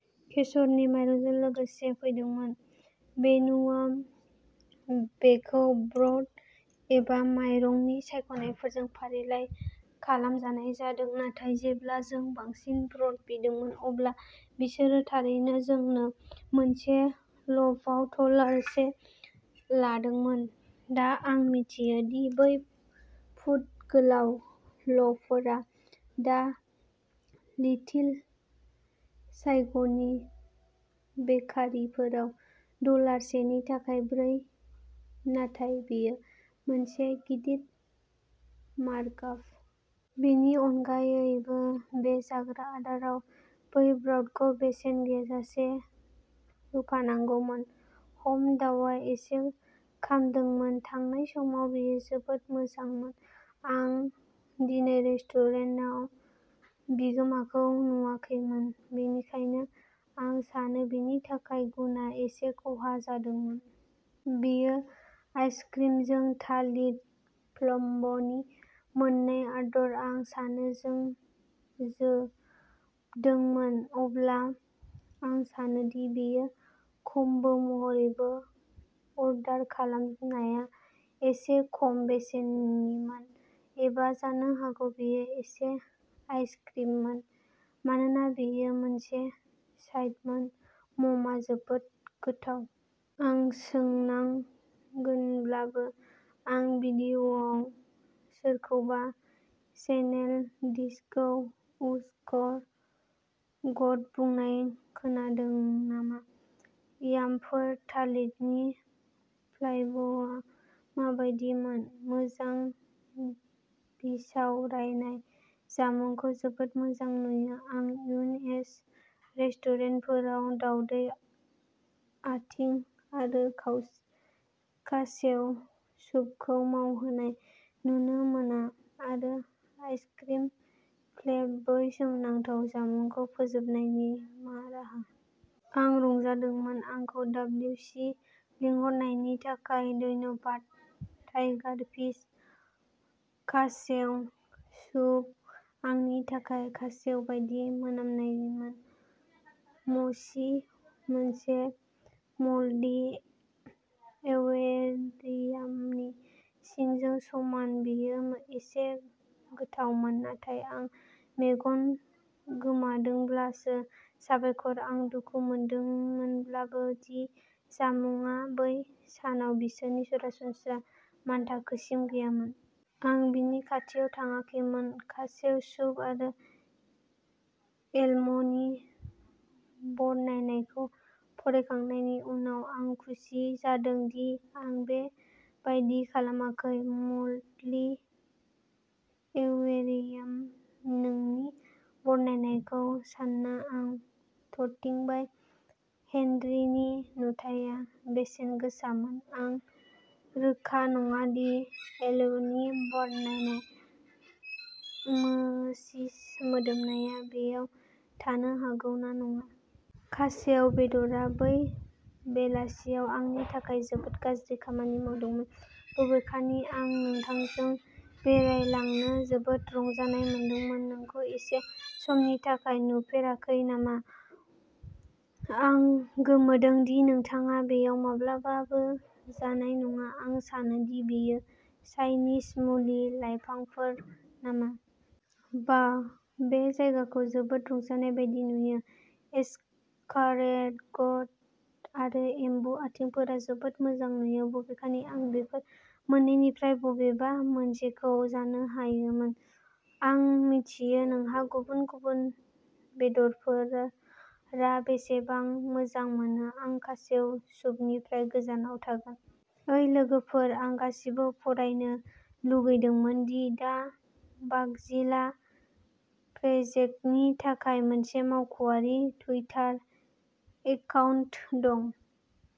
केसरनि माइरंजों लोगोसे फैदोंमोन। मेनुवाव बेखौ ब्रड एबा माइरंनि सायख'नायजों फारिलाइ खालामनाय जादों। नाथाय जेब्ला जों बांसिन ब्रड बिदोंमोन, अब्ला बिसोरो थारैनो जोंनो मोनसे ल'फआव डलार से लादोंमोन। दा, आं मिथियो दि बै फुट गोलाव ल'फफोरा दा लिटिल साइगननि बेकारिफोराव डलार सेनि थाखाय ब्रै, नाथाय बेयो मोनसे गिदिर मार्कआप। बेनि अनगायैबो, बे जाग्रा आदाराव बै ब्रडखौ बेसेन गैयाजासे होफानांगौमोन। हम्फ! दावआ एसे खामदोंमोन। थांनाय समाव बेयो जोबोद मोजांमोन। आं दिनै रेस्टुरेन्टाव बिगोमाखौ नुवाखैमोन, बेनिखायनो आं सानो बेनि थाखाय गुनआ एसे खहा जादोंमोन। बेयो आइसक्रिमजों थालिर फ्लेम्बनि मोननै अर्डार। आं सानो जों जोबदोंमोन। अब्ला आं सानो दि बेयो कम्बो महरै अर्डार खालामनाया एसे खम बेसेननिमोन एबा जानो हागौ बेयो एसे आइसक्रिममोन मानोना बेयो मोनसे साइडमोन? म्ममआ जोबोद गोथाव! आं सोंनांगोनब्लाबो आं भिडिअ'आव सोरखौबा स्नेइल डिशखौ एस कार ग'ट बुंनाय खोनादों नामा? यामफोर थालिरनि फ्लेम्बआ माबायदिमोन? मोजां बिसावरायनाय! जामुंखौ जोबोद मोजां नुयो! आं इउ एस रेस्टुरेन्टफोराव दावदै आथिं आरो खासेव सुपखौ मावहोनाय नुनो मोना आरो आइसक्रिम फ्लेम्ब, बै सोमोनांथाव जामुंखौ फोजोबनायनि मा राहा! आं रंजादोंमोन! आंखौ डाब्लिउ सि लिंहरनायनि थाखाय धन्यबाद। टाइगारफिश, खासेव सुप, आंनि थाखाय, खासेव बायदि मोनामनायमोन। मसि, मोनसे मल्डि एक्वेरियामनि सिंजों समान। बेयो एसे गोथावमोन, नाथाय आं मेगन गोमादोंमोनब्लासो। साबायखर। आं दुखु मोनदोंमोनब्लाबो दि जामुंआ बै सानाव बिसोरनि सरासनस्रा मानथाखोसिम गैयामोन। आं बिनि खाथियाव थाङाखैमोन। खासेव सुप आरो एलम'नि बरनायनायखौ फरायखांनायनि उनाव, आं खुसि जादों दि आं बे बायदि खालामाखै। मल्डी एक्वेरियाम? नोंनि बरनायनायखौ सानना आं थरथिंबाय। हेनरिनि नुथाया बेसेनगोसामोन। आं रोखा नङा दि एलम'नि बरनायनाय मोसिस मोदोमनाया बैयाव थानो हागौ ना नङा। खासेव बेदरआ बै बेलासियाव आंनि थाखाय जोबोद गाज्रि खामानि मावदोंमोन। बबेखानि, आं नोंथांजों बेरायग्लांनो जोबोद रंजानाय मोनदोंमोन। नोंखौ एसे समनि थाखाय नुफेराखै नामा। आं गोमोदों दि नोंथाङा बेयाव माब्लाबाबो जानाय नङा। आं सानो दि बेयो चाइनिज मुलि लाइफांफोर नामा? बाह, बे जायगाखौ जोबोद रंजानाय बायदि नुयो! एसकारगट आरो एम्बु आथिंफोरा जोबोद मोजां नुयो, बबेखानि आं बेफोर मोननैनिफ्राय बबेबा मोनसेखौ जानो हायामोन। आं मिथियो नोंहा गुबुन गुबुन बेदरफोरा बेसेबां मोजां मोनो। आं खासेव सुपनिफ्राय गोजानाव थागोन। ओइ लोगोफोर! आं गासिबोनो फोरमायनो लुगैदोंमोन दि दा बागजिला प्रजेक्टनि थाखाय मोनसे मावख'आरि टुइटार एकाउन्ट दं।